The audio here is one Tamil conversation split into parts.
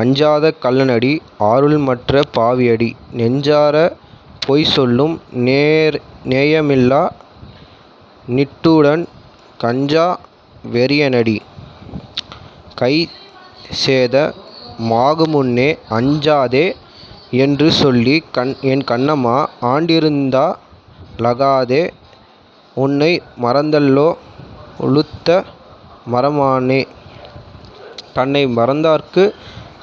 அஞ்சாத கள்ளனடி ஆருமற்ற பாவியடி நெஞ்சாரப் போய்சொல்லும் நேயமில்லா நிட்டூரன் கஞ்சா வெறியனடி கைசேத மாகுமுன்னே அஞ்சாதே யென்றுசொல்லி என் கண்ணம்மா ஆண்டிருந்தா லாகாதோ! உன்னை மறந்தல்லோ உளுத்த மரமானேன் தன்னை மறந்தார்க்குத்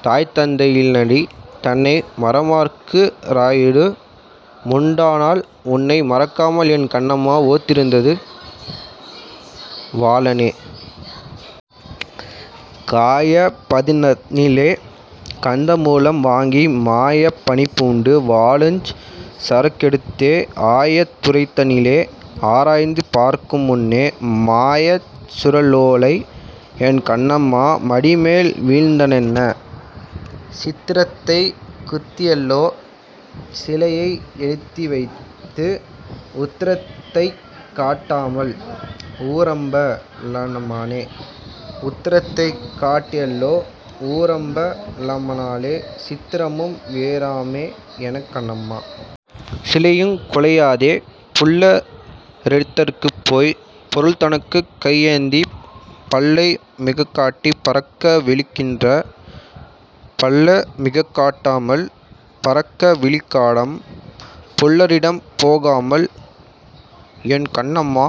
தாய்தந்தை யில்லையடி தன்னை மறக்காமற் றாயாரு முண்டானால் உன்னை மறக்காமல் என் கண்னம்மா ஒத்திருந்து வாழேனோ? காயப் பதிதனிலே கந்தமூலம் வாங்கி மாயப் பணிபூண்டு வாழுஞ் சரக்கெடுத்தே ஆயத் துறைதனிலே ஆராய்ந்து பார்க்குமுன்னே மாயச் சுருளோலை என் கண்ணம்மா மடிமேல் விழுந்ததென்ன? சித்திரத்தை குத்தியல்லோ சிலையை எழுதிவைத்து உத்திரத்தைக் காட்டாமல் ஊரம்ப லமானேன் உத்திரத்தைக் காட்டியல்லோ ஊரம்ப லமானால் சித்திரமும் வேறாமோ என் கண்னம்மா! சிலையுங் குலையாதோ! புல்ல ரிடத்திற்போய்ப் பொருள்தனக்குக் கையேந்திப் பல்லை மிகக்காட்டிப் பரக்க விழிக்கிறண்டி பல்லை மிகக்காட்டமல் பரக்க விழிக்காமல் புல்லரிடம் போகமல் என் கண்ணம்மா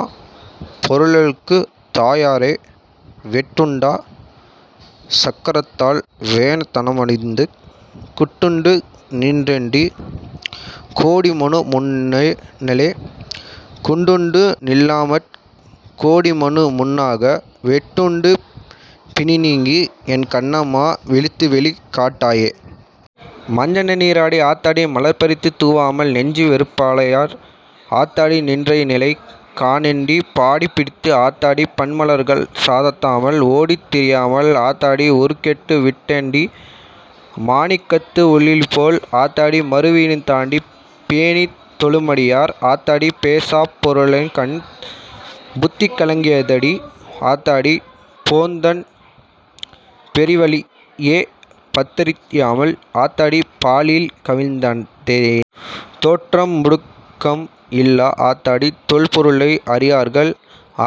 பொருளெனக்குத் தாராயோ? வெட்டுண்ட சக்கரத்தால் வேண தனமளித்துக் குட்டுண்டு நின்றேண்டி கோடிமனு முன்னாலே குட்டுண்டு நில்லாமற் கோடிமனு முன்னாக வெட்டுண்டு பிணிநீங்கி என் கண்ணம்மா விழித்துவெளி காட்டாயோ! மஞ்சன நீராட்டி ஆத்தாடி மலர்பறித்துத் தூவாமல் நெஞ்சு வெறும்பாழாய் ஆத்தாடி நின்றநிலை காணேண்டி. பாடிப் படித்து ஆத்தாடி பன்மலர்கள் சாத்தாமல் ஓடித் திரியாமல் ஆத்தாடி உருக்கெட்டு விட்டேண்டி. மாணிக்கத்து உள்ளளிபோல் ஆத்தாடி மருவி யிருந்தாண்டி பேணித் தொழுமடியார் ஆத்தாடி பேசாப் பெருமையன் காண். புத்தி கலங்கியடி ஆத்தாடி போந்தேன் பொரிவழியே பதித்தறியாமல் ஆத்தாடி பாழியில் கவிழ்ந்தேனே. தோற்றம் மொடுக்கம் இல்லா ஆத்தாடி தொல் பொருளை அறியார்கள்...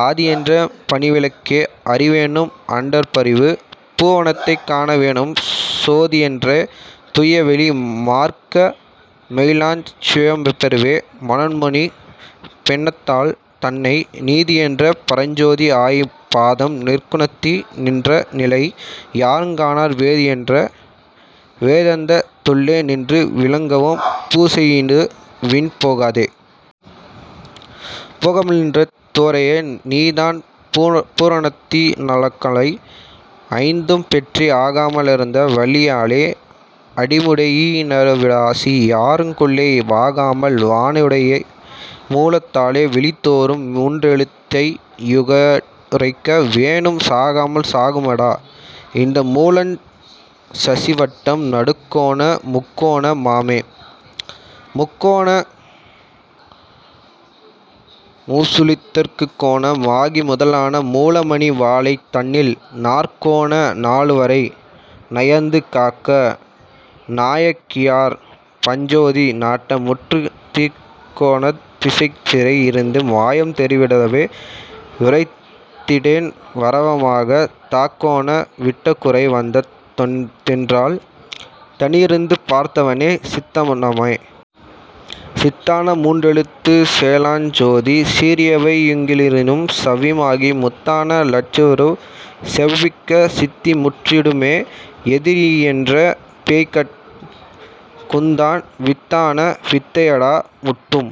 ஆதியென்ற மணிவிளக்கை அறி வேணும் அகண்டபரி பூரணத்தைக் காண வேணும் சோதியென்ற துய்யவெளி மார்க்க மெல்லாஞ் சுகம்பெறவெ மனோன்மணி யென்னாத்தாள் தன்னை நீதியென்ற பரஞ்சோதி ஆயி பாதம் நிற்குணத்தி னின்றநிலை யாருங் காணார் வேதியென்ற வேதாந்தத் துள்ளே நின்று விளங்கவும் பூசையிது வீண் போகாதே. போகாமல் நின்ற தோரையா நீதான் பூரணத்தி னானகலை ஐந்தும் பெற்றே ஆகாம லானந்த வல்லி யாலே அடிமுடியி னடுவாசி யாறுக் குள்ளே வாகாமல் வாலையுடை மூலத் தாலே வழிதோன்றும் மூன்றெழுத்தை யுரைக்க வேணும் சாகாமல் சாகுமடா இந்த மூலஞ் சசிவட்டம் நடுக்கோண முக்கோண மாமே. முக்கோண மூசுழிதற் கோண மாகி முதலான மூலமணி வாலை தன்னில் நாற்கோண நாலுவரை நயந்து காக்க நாயகியாள் பரஞ்சோதி நாட்ட முற்றுத் தீக்கோணத் திக்குதிசை யிருந்த மாயம் தெரிந்திடவே யுரைத்திட்டேன் விவர மாக தாக்கோண விட்டகுறை வந்த தென்றால் தனியிருந்து பார்த்தவனே சித்த னாமே. சித்தான மூன்றெழுத்துச் செயலாஞ் சோதி சீரியவை யுங்கிலியும் சவ்வு மாகி முத்தான லட்சவுரு செபிக்கச் சித்தி முற்றிடுமே யெதிரியென்ற பேய்கட் குந்தான் வித்தான வித்தையடா முட்டும்